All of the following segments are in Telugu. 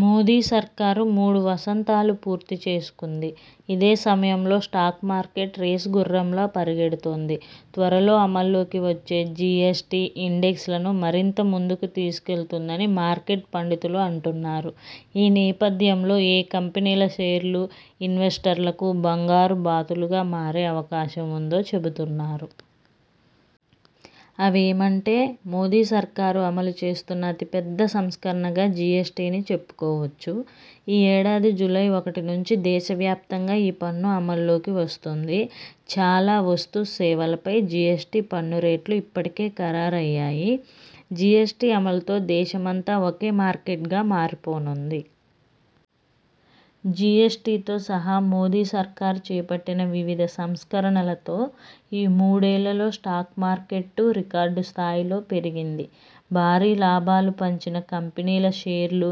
మోదీ సర్కార్ మూడు వసంతాలు పూర్తి చేసుకుంది. ఇదే సమయంలో స్టాక్ మార్కెట్ రేసు గుర్రంలా పరుగెడుతోంది. త్వరలో అమల్లోకి వచ్చే జిఎ్సటి, ఇండెక్స్ లను మరింత ముందుకు తీసుకెళుతుందని మార్కెట్ పండితులు అంటున్నారు. ఈ నేపథ్యంలో ఏ కంపెనీల షేర్లు ఇన్వెస్టర్లకు బంగారు బాతులుగా మారే అవకాశం ఉందో చెబుతున్నారు. అవేమంటే..? మోదీ సర్కార్ అమలు చేస్తున్న అతి పెద్ద సంస్కరణగా జిఎస్టిని చెప్పుకోవచ్చు. ఈ ఏడాది జూలై ఒకటి నుంచి దేశ వ్యాప్తంగా ఈ పన్ను అమల్లోకి వస్తోంది. చాలా వస్తు, సేవలపై జిఎస్టి పన్ను రేట్లు ఇప్పటికే ఖరారయ్యాయి. జిఎ్సటి అమలుతో దేశమంతా ఒకే మార్కెట్గా మారిపోనుంది. జిఎస్టితో సహా మోదీ సర్కార్ చేపట్టిన వివిధ సంస్కరణలతో ఈ మూడేళ్లలో స్టాక్ మార్కెట్టూ రికార్డు స్థాయిలో పెరిగింది. భారీ లాభాలు పంచిన కంపెనీల షేర్లు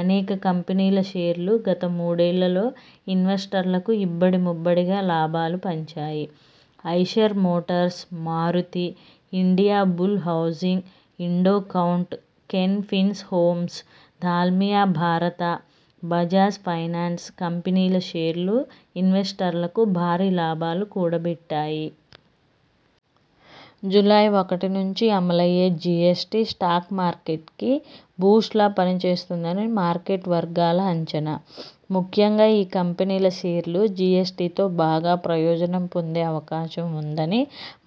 అనేక కంపెనీల షేర్లు గత మూడేళ్లలో ఇన్వెస్టర్లకు ఇబ్బడి ముబ్బడిగా లాభాలు పంచాయి. Eicher Motors, Maruti, India Bull Housing, Indo Count, Can Fins Homes, Dalmia Bharat, Bajaj finance కంపెనీల షేర్లూ ఇన్వెస్టర్లకు భారీ లాభాలు కూడబెట్టాయి. జూలై ఒకటి నుంచి అమలయ్యే జిఎ్సటి స్టాక్ మార్కెట్కీ బూస్ట్లా పని చేస్తుందని మార్కెట్ వర్గాల అంచనా. ముఖ్యంగా ఈ కంపెనీల షేర్లు జిఎ్సటితో బాగా ప్రయోజనం పొందే అవకాశం ఉందని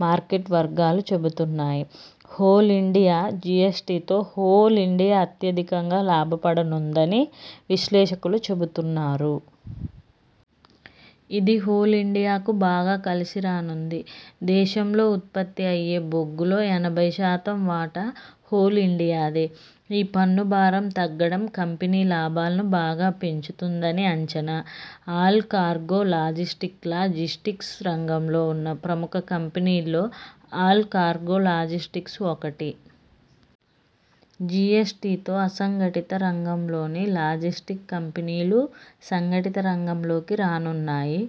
మార్కెట్ వర్గాలు చెబుతున్నాయి. హోల్ ఇండియా జిఎస్టితో హోల్ ఇండియా అత్యధికంగా లాభపడనుందని విశ్లేషకులు చెబుతున్నారు. ఇది హోల్ ఇండియాకు బాగా కలిసి రానుంది. దేశంలో ఉత్పత్తి అయ్యే బొగ్గులో ఎనభై శాతం వాటా హోల్ ఇండియాదే. ఈ పన్ను భారం తగ్గడం కంపెనీ లాభాలను బాగా పెంచుతుందని అంచనా. ఆల్ కార్గో లాజిస్టిక్స్లాజిస్టిక్స్ రంగంలో ఉన్న ప్రముఖ కంపెనీల్లో ఆల్ కార్గో లాజిస్టిక్స్ ఒకటి. జిఎస్టితో అసంఘటిత రంగంలోని లాజిస్టిక్ కంపెనీలూ సంఘటిత రంగంలోకి రానున్నాయి.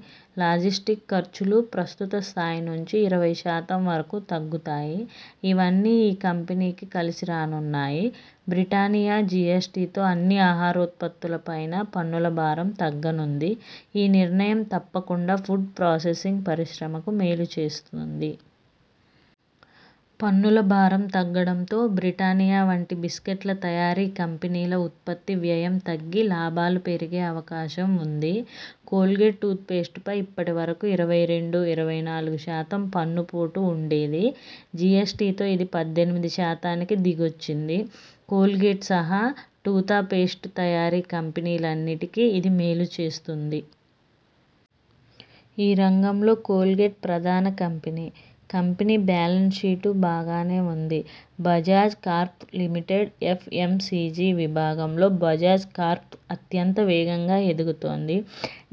లాజిస్టిక్ ఖర్చులూ ప్రస్తుత స్థాయి నుంచి ఇరవై శాతం వరకు తగ్గుతాయి. ఇవన్నీ ఈ కంపెనీకి కలిసి రానున్నాయి. బ్రిటానియా జిఎ్సటితో అన్ని ఆహారోత్పత్తుల పైనా పన్నుల భారం తగ్గనుంది. ఈ నిర్ణయం తప్పకుండా ఫుడ్ ప్రాసెసింగ్ పరిశ్రమకు మేలు చేస్తుంది. పన్నుల భారం తగ్గడంతో బ్రిటానియా వంటి బిస్కట్ల తయారీ కంపెనీల ఉత్పత్తి వ్యయం తగ్గి లాభాలు పెరిగే అవకాశం ఉంది. కోల్గేట్టూత్ పేస్టుపై ఇప్పటి వరకు ఇరవై రెండు-ఇరవై నాలుగు శాతం పన్ను పోటు ఉండేది. జిఎ్సటితో ఇది పద్దెనిమిది శాతానికి దిగొచ్చింది. కోల్గేట్ సహా టూత పేస్టు తయారీ కంపెనీలన్నిటికి ఇది మేలు చేస్తుంది. ఈ రంగంలో కోల్గేట్ ప్రధాన కంపెనీ. కంపెనీ బ్యాలెన్స్ షీటూ బాగానే ఉంది. బజాజ్ కార్ప్ లిమిటెడ్ ఎఫ్ఎంసిజి విభాగంలో బజాజ్ కార్ప్ అత్యంత వేగంగా ఎదుగుతోంది.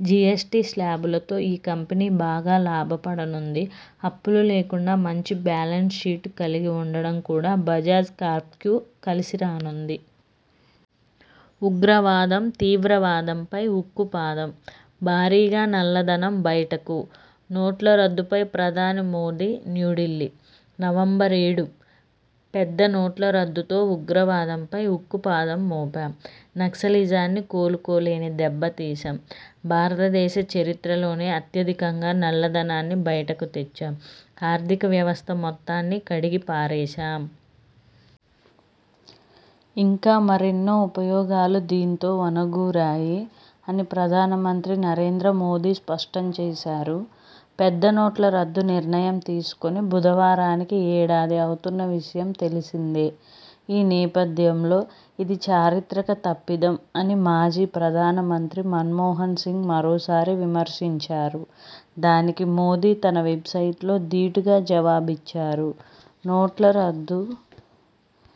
జిఎస్టి శ్లాబులతో ఈ కంపెనీ బాగా లాభపడనుంది. అప్పులు లేకుండా మంచి బ్యాలెన్స్ షీట్ కలిగి ఉండడం కూడా బజాజ్ కార్ప్కు కలిసి రానుంది. ఉగ్రవాదం, తీవ్రవాదంపై ఉక్కుపాదం.. భారీగా నల్ల ధనం బయటకు నోట్ల రద్దుపై ప్రధాని మోదీ న్యూఢిల్లీ, నవంబరు ఏడు ''పెద్ద నోట్ల రద్దుతో ఉగ్రవాదంపై ఉక్కుపాదం మోపాం. నక్సలిజాన్ని కోలుకోలేని దెబ్బతీశాం. భారతదేశ చరిత్రలోనే అత్యధికంగా నల్ల ధనాన్ని బయటకు తెచ్చాం. ఆర్థిక వ్యవస్థ మొత్తాన్ని కడిగి పారేశాం. ఇంకా మరెన్నో ఉపయోగాలు దీంతో ఒనగూరాయి'' అని ప్రధాన మంత్రి నరేంద్ర మోదీ స్పష్టం చేశారు. పెద్ద నోట్ల రద్దు నిర్ణయం తీసుకుని బుధవారానికి ఏడాది అవుతున్న విషయం తెలిసిందే. ఈ నేపథ్యంలో, ఇది 'చారిత్రక తప్పిదం' అని మాజీ ప్రధాన మంత్రి మన్మోహన్ సింగ్ మరోసారి విమర్శించారు. దానికి మోదీ తన వెబ్సైట్లో దీటుగా జవాబిచ్చారు. నోట్ల రద్దు